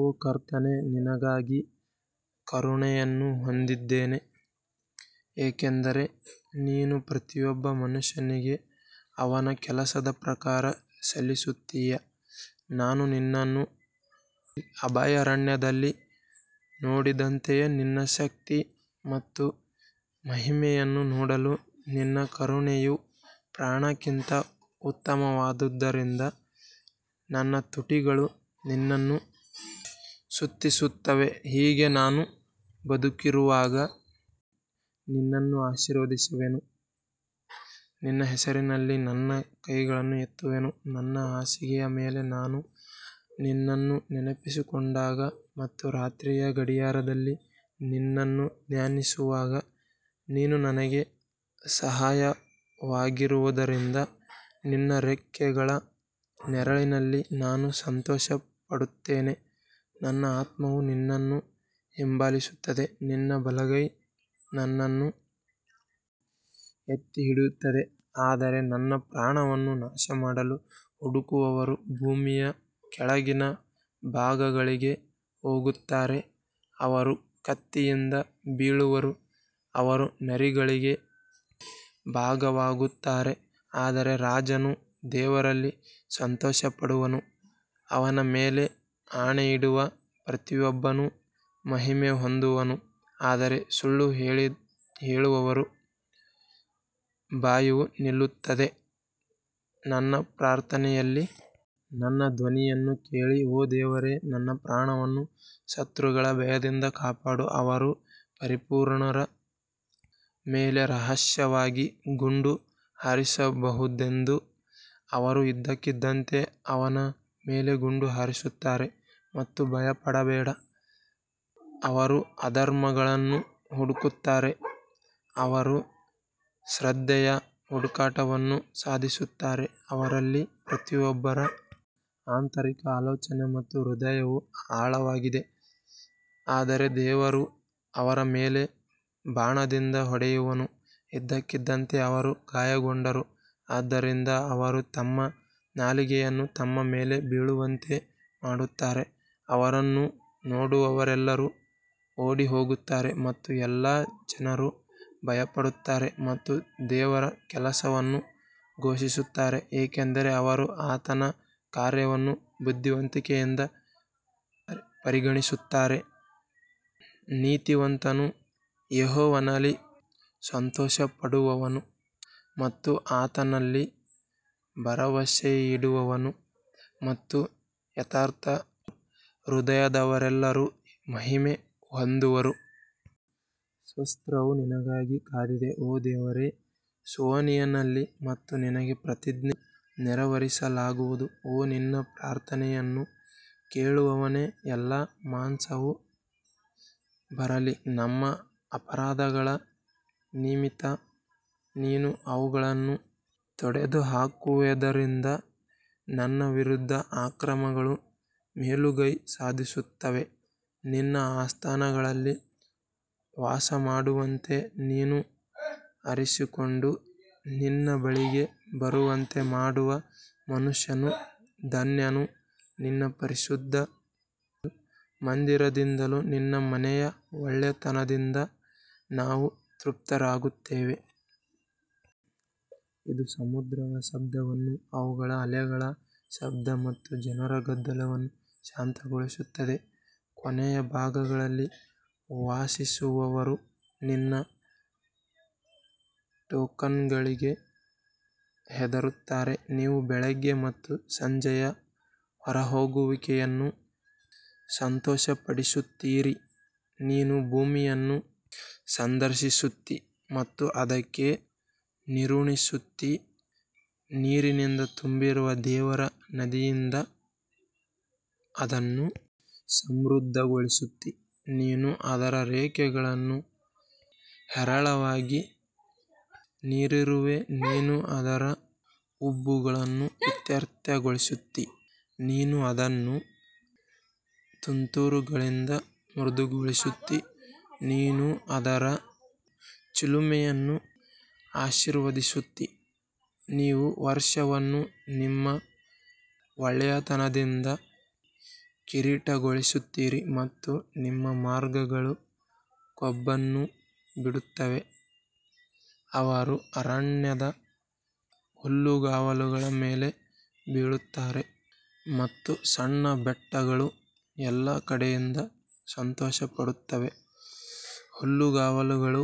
ಓ ಕರ್ತನೇ ನಿನಗೆ ಕರುಣೆಯನ್ನು ಹೊಂದಿದ್ದಾನೆ, ಏಕೆಂದರೆ ನೀನು ಪ್ರತಿಯೊಬ್ಬ ಮನುಷ್ಯನಿಗೆ ಅವನ ಕೆಲಸದ ಪ್ರಕಾರ ಸಲ್ಲಿಸುತ್ತೀಯಾ ನಾನು ನಿನ್ನನ್ನು ಅಭಯಾರಣ್ಯದಲ್ಲಿ ನೋಡಿದಂತೆಯೇ ನಿನ್ನ ಶಕ್ತಿ ಮತ್ತು ಮಹಿಮೆಯನ್ನು ನೋಡಲು ನಿನ್ನ ಕರುಣೆಯು ಪ್ರಾಣಕ್ಕಿಂತ ಉತ್ತಮವಾದುದರಿಂದ ನನ್ನ ತುಟಿಗಳು ನಿನ್ನನ್ನು ಸ್ತುತಿಸುತ್ತವೆ ಹೀಗೆ ನಾನು ಬದುಕಿರುವಾಗ ನಿನ್ನನ್ನು ಆಶೀರ್ವದಿಸುವೆನು ನಿನ್ನ ಹೆಸರಿನಲ್ಲಿ ನನ್ನ ಕೈಗಳನ್ನು ಎತ್ತುವೆನು ನನ್ನ ಹಾಸಿಗೆಯ ಮೇಲೆ ನಾನು ನಿನ್ನನ್ನು ನೆನಪಿಸಿಕೊಂಡಾಗ ಮತ್ತು ರಾತ್ರಿಯ ಗಡಿಯಾರದಲ್ಲಿ ನಿನ್ನನ್ನು ಧ್ಯಾನಿಸುವಾಗ ನೀನು ನನಗೆ ಸಹಾಯವಾಗಿರುವುದರಿಂದ ನಿನ್ನ ರೆಕ್ಕೆಗಳ ನೆರಳಿನಲ್ಲಿ ನಾನು ಸಂತೋಷಪಡುತ್ತೇನೆ ನನ್ನ ಆತ್ಮವು ನಿನ್ನನ್ನು ಹಿಂಬಾಲಿಸುತ್ತದೆ ನಿನ್ನ ಬಲಗೈ ನನ್ನನ್ನು ಎತ್ತಿಹಿಡಿಯುತ್ತದೆ ಆದರೆ ನನ್ನ ಪ್ರಾಣವನ್ನು ನಾಶಮಾಡಲು ಹುಡುಕುವವರು ಭೂಮಿಯ ಕೆಳಗಿನ ಭಾಗಗಳಿಗೆ ಹೋಗುತ್ತಾರೆ ಅವರು ಕತ್ತಿಯಿಂದ ಬೀಳುವರು, ಅವರು ನರಿಗಳಿಗೆ ಭಾಗವಾಗುತ್ತಾರೆ ಆದರೆ ರಾಜನು ದೇವರಲ್ಲಿ ಸಂತೋಷಪಡುವನು, ಅವನ ಮೇಲೆ ಆಣೆಯಿಡುವ ಪ್ರತಿಯೊಬ್ಬನು ಮಹಿಮೆ ಹೊಂದುವನು ಆದರೆ ಸುಳ್ಳು ಹೇಳುವವರ ಬಾಯಿಯು ನಿಲ್ಲುತ್ತದೆ ನನ್ನ ಪ್ರಾರ್ಥನೆಯಲ್ಲಿ ನನ್ನ ಧ್ವನಿಯನ್ನು ಕೇಳಿ ಓ ದೇವರೇ ನನ್ನ ಪ್ರಾಣವನ್ನು ಶತ್ರುಗಳ ಭಯದಿಂದ ಕಾಪಾಡು ಅವರು ಪರಿಪೂರ್ಣರ ಮೇಲೆ ರಹಸ್ಯವಾಗಿ ಗುಂಡು ಹಾರಿಸಬಹುದೆಂದು ಅವರು ಇದ್ದಕ್ಕಿದ್ದಂತೆ ಅವನ ಮೇಲೆ ಗುಂಡು ಹಾರಿಸುತ್ತಾರೆ ಮತ್ತು ಭಯಪಡಬೇಡಿ ಅವರು ಅಧರ್ಮಗಳನ್ನು ಹುಡುಕುತ್ತಾರೆ ಅವರು ಶ್ರದ್ಧೆಯ ಹುಡುಕಾಟವನ್ನು ಸಾಧಿಸುತ್ತಾರೆ ಅವರಲ್ಲಿ ಪ್ರತಿಯೊಬ್ಬರ ಆಂತರಿಕ ಆಲೋಚನೆ ಮತ್ತು ಹೃದಯವು ಆಳವಾಗಿದೆ ಆದರೆ ದೇವರು ಅವರ ಮೇಲೆ ಬಾಣದಿಂದ ಹೊಡೆಯುವನು, ಇದ್ದಕ್ಕಿದ್ದಂತೆ ಅವರು ಗಾಯಗೊಂಡರು ಆದ್ದರಿಂದ ಅವರು ತಮ್ಮ ನಾಲಿಗೆಯನ್ನು ತಮ್ಮ ಮೇಲೆ ಬೀಳುವಂತೆ ಮಾಡುತ್ತಾರೆ, ಅವರನ್ನು ನೋಡುವವರೆಲ್ಲರೂ ಓಡಿಹೋಗುತ್ತಾರೆ ಮತ್ತು ಎಲ್ಲಾ ಜನರು ಭಯಪಡುತ್ತಾರೆ ಮತ್ತು ದೇವರ ಕೆಲಸವನ್ನು ಘೋಷಿಸುತ್ತಾರೆ ಏಕೆಂದರೆ ಅವರು ಆತನ ಕಾರ್ಯವನ್ನು ಬುದ್ಧಿವಂತಿಕೆಯಿಂದ ಪರಿಗಣಿಸುತ್ತಾರೆ ನೀತಿವಂತನು ಯೆಹೋವನಲ್ಲಿ ಸಂತೋಷಪಡುವನು ಮತ್ತು ಆತನಲ್ಲಿ ಭರವಸೆಯಿಡುವನು ಮತ್ತು ಯಥಾರ್ಥ ಹೃದಯದವರೆಲ್ಲರೂ ಮಹಿಮೆ ಹೊಂದುವರು. ಸ್ತೋತ್ರವು ನಿನಗಾಗಿ ಕಾದಿದೆ ಓ ದೇವರೇ ಸಿಯೋನಿನಲ್ಲಿ ಮತ್ತು ನಿನಗೆ ಪ್ರತಿಜ್ಞೆ ನೆರವೇರಿಸಲಾಗುವುದು ಓ ನಿನ್ನ ಪ್ರಾರ್ಥನೆಯನ್ನು ಕೇಳುವವನೇ, ಎಲ್ಲಾ ಮಾಂಸವು ಬರಲಿ ನಮ್ಮ ಅಪರಾಧಗಳ ನಿಮಿತ್ತ ನೀನು ಅವುಗಳನ್ನು ತೊಡೆದುಹಾಕುವಿಯಾದ್ದರಿಂದ ನನ್ನ ವಿರುದ್ಧ ಅಕ್ರಮಗಳು ಮೇಲುಗೈ ಸಾಧಿಸುತ್ತವೆ ನಿನ್ನ ಆಸ್ಥಾನಗಳಲ್ಲಿ ವಾಸಮಾಡುವಂತೆ ನೀನು ಆರಿಸಿಕೊಂಡು ನಿನ್ನ ಬಳಿಗೆ ಬರುವಂತೆ ಮಾಡುವ ಮನುಷ್ಯನು ಧನ್ಯನು, ನಿನ್ನ ಪರಿಶುದ್ಧ ಮಂದಿರದಿಂದಲೂ ನಿನ್ನ ಮನೆಯ ಒಳ್ಳೆಯತನದಿಂದ ನಾವು ತೃಪ್ತರಾಗುತ್ತೇವೆ. ಇದು ಸಮುದ್ರಗಳ ಶಬ್ದವನ್ನು ಅವುಗಳ ಅಲೆಗಳ ಶಬ್ದ ಮತ್ತು ಜನರ ಗದ್ದಲವನ್ನು ಶಾಂತಗೊಳಿಸುತ್ತದೆ ಕೊನೆಯ ಭಾಗಗಳಲ್ಲಿ ವಾಸಿಸುವವರೂ ನಿನ್ನ ಟೋಕನ್ಗಳಿಗೆ ಹೆದರುತ್ತಾರೆ, ನೀವು ಬೆಳಿಗ್ಗೆ ಮತ್ತು ಸಂಜೆಯ ಹೊರಹೋಗುವಿಕೆಯನ್ನು ಸಂತೋಷಪಡಿಸುತ್ತೀರಿ ನೀನು ಭೂಮಿಯನ್ನು ಸಂದರ್ಶಿಸುತ್ತೀ ಮತ್ತು ಅದಕ್ಕೆ ನೀರುಣಿಸುತ್ತೀ, ನೀರಿನಿಂದ ತುಂಬಿರುವ ದೇವರ ನದಿಯಿಂದ ಅದನ್ನು ಸಮೃದ್ಧಗೊಳಿಸುತ್ತೀ ನೀನು ಅದರ ರೇಖೆಗಳನ್ನು ಹೇರಳವಾಗಿ ನೀರಿರುವೆ, ನೀನು ಅದರ ಉಬ್ಬುಗಳನ್ನು ಇತ್ಯರ್ಥಗೊಳಿಸುತ್ತೀ, ನೀನು ಅದನ್ನು ತುಂತುರುಗಳಿಂದ ಮೃದುಗೊಳಿಸುತ್ತೀ, ನೀನು ಅದರ ಚಿಲುಮೆಯನ್ನು ಆಶೀರ್ವದಿಸುತ್ತೀ ನೀವು ವರ್ಷವನ್ನು ನಿಮ್ಮ ಒಳ್ಳೆಯತನದಿಂದ ಕಿರೀಟಗೊಳಿಸುತ್ತೀರಿ ಮತ್ತು ನಿಮ್ಮ ಮಾರ್ಗಗಳು ಕೊಬ್ಬನ್ನು ಬಿಡುತ್ತವೆ ಅವರು ಅರಣ್ಯದ ಹುಲ್ಲುಗಾವಲುಗಳ ಮೇಲೆ ಬೀಳುತ್ತಾರೆ ಮತ್ತು ಸಣ್ಣ ಬೆಟ್ಟಗಳು ಎಲ್ಲಾ ಕಡೆಯಿಂದ ಸಂತೋಷಪಡುತ್ತವೆ ಹುಲ್ಲುಗಾವಲುಗಳು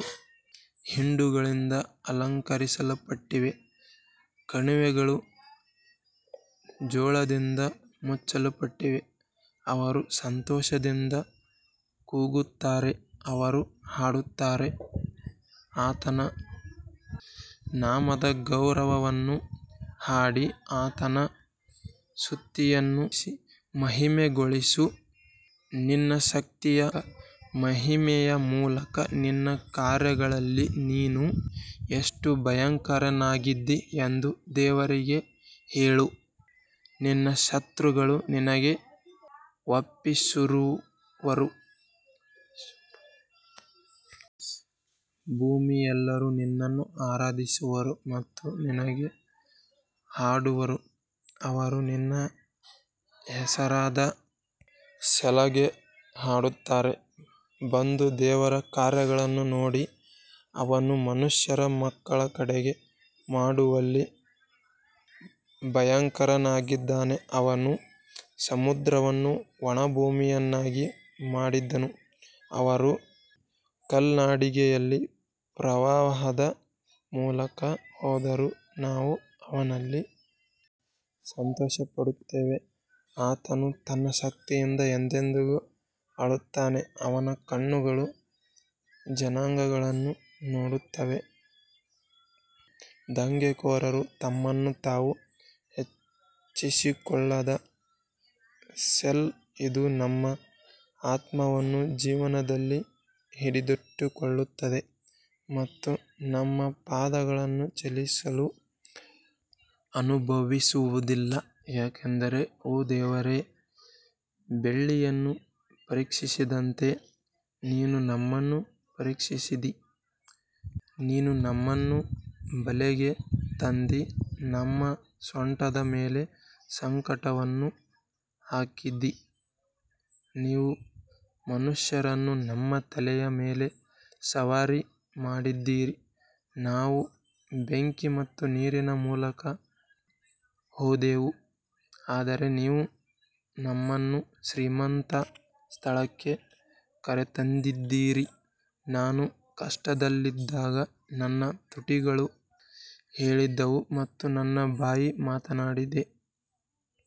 ಹಿಂಡುಗಳಿಂದ ಅಲಂಕರಿಸಲ್ಪಟ್ಟಿವೆ, ಕಣಿವೆಗಳು ಜೋಳದಿಂದ ಮುಚ್ಚಲ್ಪಟ್ಟಿವೆ, ಅವರು ಸಂತೋಷದಿಂದ ಕೂಗುತ್ತಾರೆ, ಅವರು ಹಾಡುತ್ತಾರೆ ಆತನ ನಾಮದ ಗೌರವವನ್ನು ಹಾಡಿ ಆತನ ಸ್ತುತಿಯನ್ನು ಮಹಿಮೆಗೊಳಿಸು ನಿನ್ನ ಶಕ್ತಿಯ ಮಹಿಮೆಯ ಮೂಲಕ ನಿನ್ನ ಕಾರ್ಯಗಳಲ್ಲಿ ನೀನು ಎಷ್ಟು ಭಯಂಕರನಾಗಿದ್ದೀ ಎಂದು ದೇವರಿಗೆ ಹೇಳು ನಿನ್ನ ಶತ್ರುಗಳು ನಿನಗೆ ಒಪ್ಪಿಸುವರು. ಭೂಮಿಯೆಲ್ಲರೂ ನಿನ್ನನ್ನು ಆರಾಧಿಸುವರು ಮತ್ತು ನಿನಗೆ ಹಾಡುವರು ಅವರು ನಿನ್ನ ಹೆಸರಾದ ಸೆಲಾಗೆ ಹಾಡುತ್ತಾರೆ ಬಂದು ದೇವರ ಕಾರ್ಯಗಳನ್ನು ನೋಡಿ ಅವನು ಮನುಷ್ಯರ ಮಕ್ಕಳ ಕಡೆಗೆ ಮಾಡುವಲ್ಲಿ ಭಯಂಕರನಾಗಿದ್ದಾನೆ ಅವನು ಸಮುದ್ರವನ್ನು ಒಣ ಭೂಮಿಯನ್ನಾಗಿ ಮಾಡಿದನು, ಅವರು ಕಾಲ್ನಡಿಗೆಯಲ್ಲಿ ಪ್ರವಾಹದ ಮೂಲಕ ಹೋದರು, ನಾವು ಅವನಲ್ಲಿ ಸಂತೋಷಪಡುತ್ತೇವೆ ಆತನು ತನ್ನ ಶಕ್ತಿಯಿಂದ ಎಂದೆಂದಿಗೂ ಆಳುತ್ತಾನೆ ಅವನ ಕಣ್ಣುಗಳು ಜನಾಂಗಗಳನ್ನು ನೋಡುತ್ತವೆ ದಂಗೆಕೋರರು ತಮ್ಮನ್ನು ತಾವು ಹೆಚ್ಚಿಸಿಕೊಳ್ಳದ ಸೆಲಾ ಇದು ನಮ್ಮ ಆತ್ಮವನ್ನು ಜೀವನದಲ್ಲಿ ಹಿಡಿದಿಟ್ಟುಕೊಳ್ಳುತ್ತದೆ ಮತ್ತು ನಮ್ಮ ಪಾದಗಳನ್ನು ಚಲಿಸಲು ಅನುಭವಿಸುವುದಿಲ್ಲ ಯಾಕಂದರೆ ಓ ದೇವರೇ, ಬೆಳ್ಳಿಯನ್ನು ಪರೀಕ್ಷಿಸಿದಂತೆ ನೀನು ನಮ್ಮನ್ನು ಪರೀಕ್ಷಿಸಿದ್ದೀ ನೀನು ನಮ್ಮನ್ನು ಬಲೆಗೆ ತಂದಿ ನಮ್ಮ ಸೊಂಟದ ಮೇಲೆ ಸಂಕಟವನ್ನು ಹಾಕಿದ್ದೀ ನೀವು ಮನುಷ್ಯರನ್ನು ನಮ್ಮ ತಲೆಯ ಮೇಲೆ ಸವಾರಿ ಮಾಡಿದ್ದೀರಿ ನಾವು ಬೆಂಕಿ ಮತ್ತು ನೀರಿನ ಮೂಲಕ ಹೋದೆವು ಆದರೆ ನೀವು ನಮ್ಮನ್ನು ಶ್ರೀಮಂತ ಸ್ಥಳಕ್ಕೆ ಕರೆತಂದಿದ್ದೀರಿ ನಾನು ಕಷ್ಟದಲ್ಲಿದ್ದಾಗ ನನ್ನ ತುಟಿಗಳು ಹೇಳಿದವು ಮತ್ತು ನನ್ನ ಬಾಯಿ ಮಾತನಾಡಿದೆ.